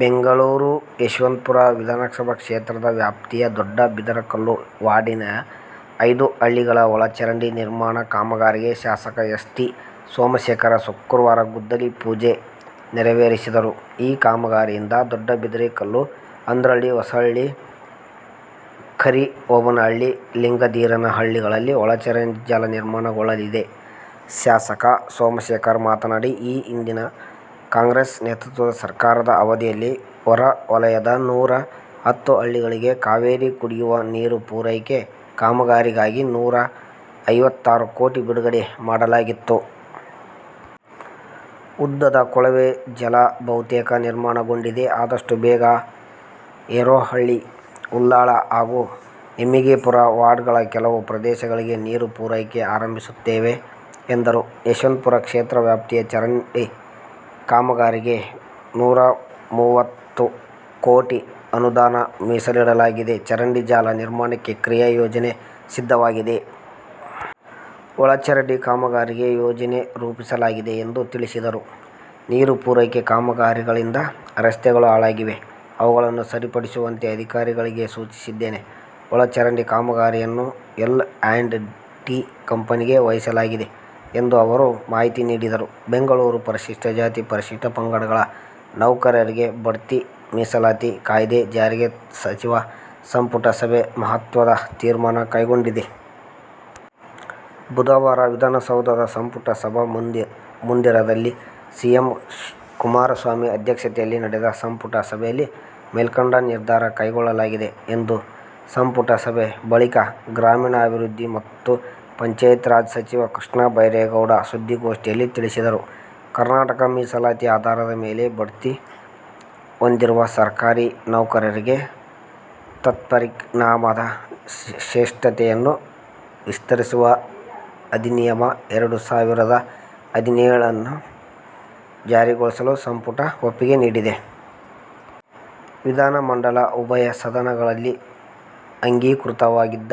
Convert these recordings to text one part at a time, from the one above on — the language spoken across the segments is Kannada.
ಬೆಂಗಳೂರು: ಯಶವಂತಪುರ ವಿಧಾನಸಭಾ ಕ್ಷೇತ್ರ ವ್ಯಾಪ್ತಿಯ ದೊಡ್ಡಬಿದರಕಲ್ಲು ವಾರ್ಡ್ನಲ್ಲಿನ ಐದು ಹಳ್ಳಿಗಳಲ್ಲಿ ಒಳಚರಂಡಿ ನಿರ್ಮಾಣ ಕಾಮಗಾರಿಗೆ ಶಾಸಕ ಎಸ್. ಟಿ. ಸೋಮಶೇಖರ್ ಶುಕ್ರವಾರ ಗುದ್ದಲಿ ಪೂಜೆ ನೆರವೇರಿಸಿದರು. ಈ ಕಾಮಗಾರಿಯಿಂದ ದೊಡ್ಡಬಿದರಕಲ್ಲು, ಅಂದ್ರಹಳ್ಳಿ, ಹೊಸಹಳ್ಳಿ, ಕರಿಹೋಬನಹಳ್ಳಿ, ಲಿಂಗಧೀರನಹಳ್ಳಿಗಳಲ್ಲಿ ಒಳಚರಂಡಿ ಜಾಲ ನಿರ್ಮಾಣಗೊಳ್ಳಲಿದೆ. ಶಾಸಕ ಸೋಮಶೇಖರ್ ಮಾತನಾಡಿ, 'ಈ ಹಿಂದಿನ ಕಾಂಗ್ರೆಸ್ ನೇತೃತ್ವದ ಸರ್ಕಾರದ ಅವಧಿಯಲ್ಲಿ ಹೊರಹೊಲಯದ ನೂರ ಹತ್ತು ಹಳ್ಳಿಗಳಿಗೆ ಕಾವೇರಿ ಕುಡಿಯುವ ನೀರು ಪೂರೈಕೆ ಕಾಮಗಾರಿಗಾಗಿ ನೂರ ಐವತ್ತಾರು ಕೋಟಿ ಬಿಡುಗಡೆ ಮಾಡಲಾಗಿತ್ತು. ಉದ್ದದ ಕೊಳವೆ ಜಲ ಬಹುತೇಕ ನಿರ್ಮಾಣಗೊಂಡಿದೆ. ಆದಷ್ಟು ಬೇಗ ಹೇರೋಹಳ್ಳಿ, ಉಲ್ಲಾಳ ಹಾಗೂ ಹೆಮ್ಮಿಗೆಪುರ ವಾರ್ಡ್ಗಳ ಕೆಲವು ಪ್ರದೇಶಗಳಿಗೆ ನೀರು ಪೂರೈಕೆ ಆರಂಭಿಸುತ್ತೇವೆ' ಎಂದರು. 'ಯಶವಂತಪುರ ಕ್ಷೇತ್ರ ವ್ಯಾಪ್ತಿಯ ಒಳಚರಂಡಿ ಕಾಮಗಾರಿಗೆ ನೂರ ಮೂವತ್ಮೂರು ಕೋಟಿ ಅನುದಾನ ಮೀಸಲಿಡಲಾಗಿದೆ. ಚರಂಡಿ ಜಾಲ ನಿರ್ಮಾಣಕ್ಕೆ ಕ್ರಿಯಾ ಯೋಜನೆ ಸಿದ್ಧವಾಗಿದೆ. ಒಳಚರಂಡಿ ಕಾಮಗಾರಿಗೆ ಯೋಜನೆ ರೂಪಿಸಲಾಗಿದೆ' ಎಂದು ತಿಳಿಸಿದರು. 'ನೀರು ಪೂರೈಕೆ ಕಾಮಗಾರಿಗಳಿಂದ ರಸ್ತೆಗಳು ಹಾಳಾಗಿವೆ. ಅವುಗಳನ್ನು ಸರಿಪಡಿಸುವಂತೆ ಅಧಿಕಾರಿಗಳಿಗೆ ಸೂಚಿಸಿದ್ದೇನೆ. ಒಳಚರಂಡಿ ಕಾಮಗಾರಿಯನ್ನು ಎಲ್ ಆ್ಯಂಡ್ ಟಿ ಕಂಪನಿಗೆ ವಹಿಸಲಾಗಿದೆ' ಎಂದು ಅವರು ಮಾಹಿತಿ ನೀಡಿದರು. ಬೆಂಗಳೂರು, ಪರಿಶಿಷ್ಟ ಜಾತಿ ಮತ್ತು ಪರಿಶಿಷ್ಟ ಪಂಗಡಗಳ ನೌಕರರಿಗೆ ಭಡ್ತಿ ಮೀಸಲಾತಿ ಕಾಯ್ದೆ ಜಾರಿಗೆ ಸಚಿವ ಸಂಪುಟ ಸಭೆ ಮಹತ್ವದ ತೀರ್ಮಾನ ಕೈಗೊಂಡಿದೆ. ಬುಧವಾರ ವಿಧಾನಸೌಧದ ಸಂಪುಟ ಸಭಾ ಮಂದಿರದಲ್ಲಿ ಸಿಎಂ ಕುಮಾರಸ್ವಾಮಿ ಅಧ್ಯಕ್ಷತೆಯಲ್ಲಿ ನಡೆದ ಸಂಪುಟ ಸಭೆಯಲ್ಲಿ ಮೇಲ್ಕಂಡ ನಿರ್ಧಾರ ಕೈಗೊಳ್ಳಲಾಗಿದೆ ಎಂದು ಸಂಪುಟ ಸಭೆ ಬಳಿಕ ಗ್ರಾಮೀಣಾಭಿವೃದ್ಧಿ ಮತ್ತು ಪಂಚಾಯತ್ ರಾಜ್ ಸಚಿವ ಕೃಷ್ಣ ಬೈರೇಗೌಡ ಸುದ್ದಿಗೋಷ್ಠಿಯಲ್ಲಿ ತಿಳಿಸಿದರು. ಕರ್ನಾಟಕ ಮೀಸಲಾತಿ ಆಧಾರದ ಮೇಲೆ ಭಡ್ತಿ ಹೊಂದಿರುವ ಸರಕಾರಿ ನೌಕರರಿಗೆ ತತ್ಪರಿಣಾಮದ ಜೇಷ್ಠತೆಯನ್ನು ವಿಸ್ತರಿಸುವ ಅಧಿನಿಯಮ – ಎರಡು ಸಾವಿರದ ಹದಿನೇಳನ್ನು ಜಾರಿಗೊಳಿಸಲು ಸಂಪುಟ ಒಪ್ಪಿಗೆ ನೀಡಿದೆ. ವಿಧಾನ ಮಂಡಲ ಉಭಯ ಸದನಗಳಲ್ಲಿ ಅಂಗೀಕೃತವಾಗಿದ್ದ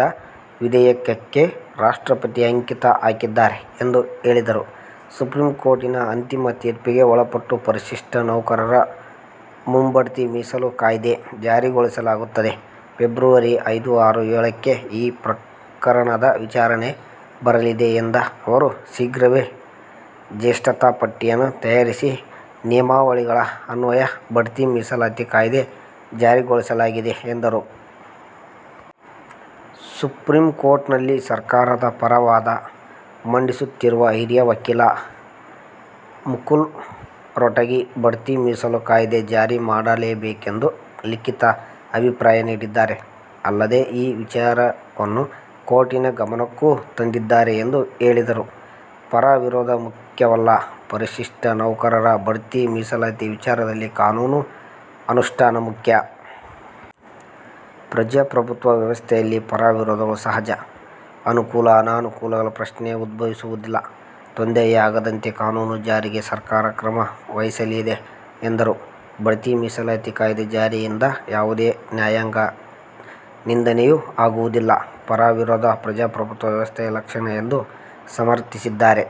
ವಿಧೇಯಕಕ್ಕೆ ರಾಷ್ಟ್ರಪತಿ ಅಂಕಿತ ಹಾಕಿದ್ದಾರೆ ಎಂದು ಹೇಳಿದರು. ಸುಪ್ರೀಂ ಕೋರ್ಟಿನ ಅಂತಿಮ ತೀರ್ಪಿಗೆ ಒಳಪಟ್ಟು ಪರಿಶಿಷ್ಟ ನೌಕರರ ಮುಂಭಡ್ತಿ ಮೀಸಲು ಕಾಯ್ದೆ ಜಾರಿಗೊಳಿಸಲಾಗುತ್ತದೆ. ಫೆಬ್ರವರಿ ಐದು, ಆರು, ಏಳಕ್ಕೆ ಈ ಪ್ರಕರಣದ ವಿಚಾರಣೆಗೆ ಬರಲಿದೆ ಎಂದ ಅವರು, ಶೀಘ್ರವೇ ಜೇಷ್ಠತಾ ಪಟ್ಟಿಯನ್ನು ತಯಾರಿಸಿ ನಿಯಮಾವಳಿಗಳ ಅನ್ವಯ ಭಡ್ತಿ ಮೀಸಲಾತಿ ಕಾಯ್ದೆ ಜಾರಿಗೊಳಿಸಲಾಗಿದೆ ಎಂದರು. ಸುಪ್ರೀಂ ಕೋರ್ಟ್ನಲ್ಲಿ ಸರಕಾರದ ಪರ ವಾದ ಮಂಡಿಸುತ್ತಿರುವ ಹಿರಿಯ ವಕೀಲ ಮುಕುಲ್ ರೋಟಗಿ ಭಡ್ತಿ ಮೀಸಲು ಕಾಯ್ದೆ ಜಾರಿ ಮಾಡಲೇಬೇಕೆಂದು ಲಿಖಿತ ಅಭಿಪ್ರಾಯ ನೀಡಿದ್ದಾರೆ. ಅಲ್ಲದೆ, ಈ ವಿಚಾರವನ್ನು ಕೋರ್ಟಿನ ಗಮನಕ್ಕೂ ತಂದಿದ್ದಾರೆ ಎಂದು ಹೇಳಿದರು. ಪರ – ವಿರೋಧ ಮುಖ್ಯವಲ್ಲ: ಪರಿಶಿಷ್ಟ ನೌಕರರ ಭಡ್ತಿ ಮೀಸಲಾತಿ ವಿಚಾರದಲ್ಲಿ ಕಾನೂನು ಅನುಷ್ಟಾನ ಮುಖ್ಯ. ಪ್ರಜಾಪ್ರಭುತ್ವ ವ್ಯವಸ್ಥೆಯಲ್ಲಿ ಪರ – ವಿರೋಧ ಸಹಜ. ಅನುಕೂಲ, ಅನಾನುಕೂಲದ ಪ್ರಶ್ನೆ ಉದ್ಭವಿಸುವುದಿಲ್ಲ. ತೊಂದರೆಯಾಗದಂತೆ ಕಾನೂನು ಜಾರಿಗೆ ಸರಕಾರ ಕ್ರಮ ವಹಿಸಲಿದೆ ಎಂದರು. ಭಡ್ತಿ ಮೀಸಲಾತಿ ಕಾಯ್ದೆ ಜಾರಿಯಿಂದ ಯಾವುದೇ ನ್ಯಾಯಾಂಗ ನಿಂದನೆಯೂ ಆಗುವುದಿಲ್ಲ. ಪರ – ವಿರೋಧ ಪ್ರಜಾಪ್ರಭುತ್ವ ವ್ಯವಸ್ಥೆ ಲಕ್ಷಣ ಎಂದು ಸಮರ್ಥಿಸಿದ್ದಾರೆ.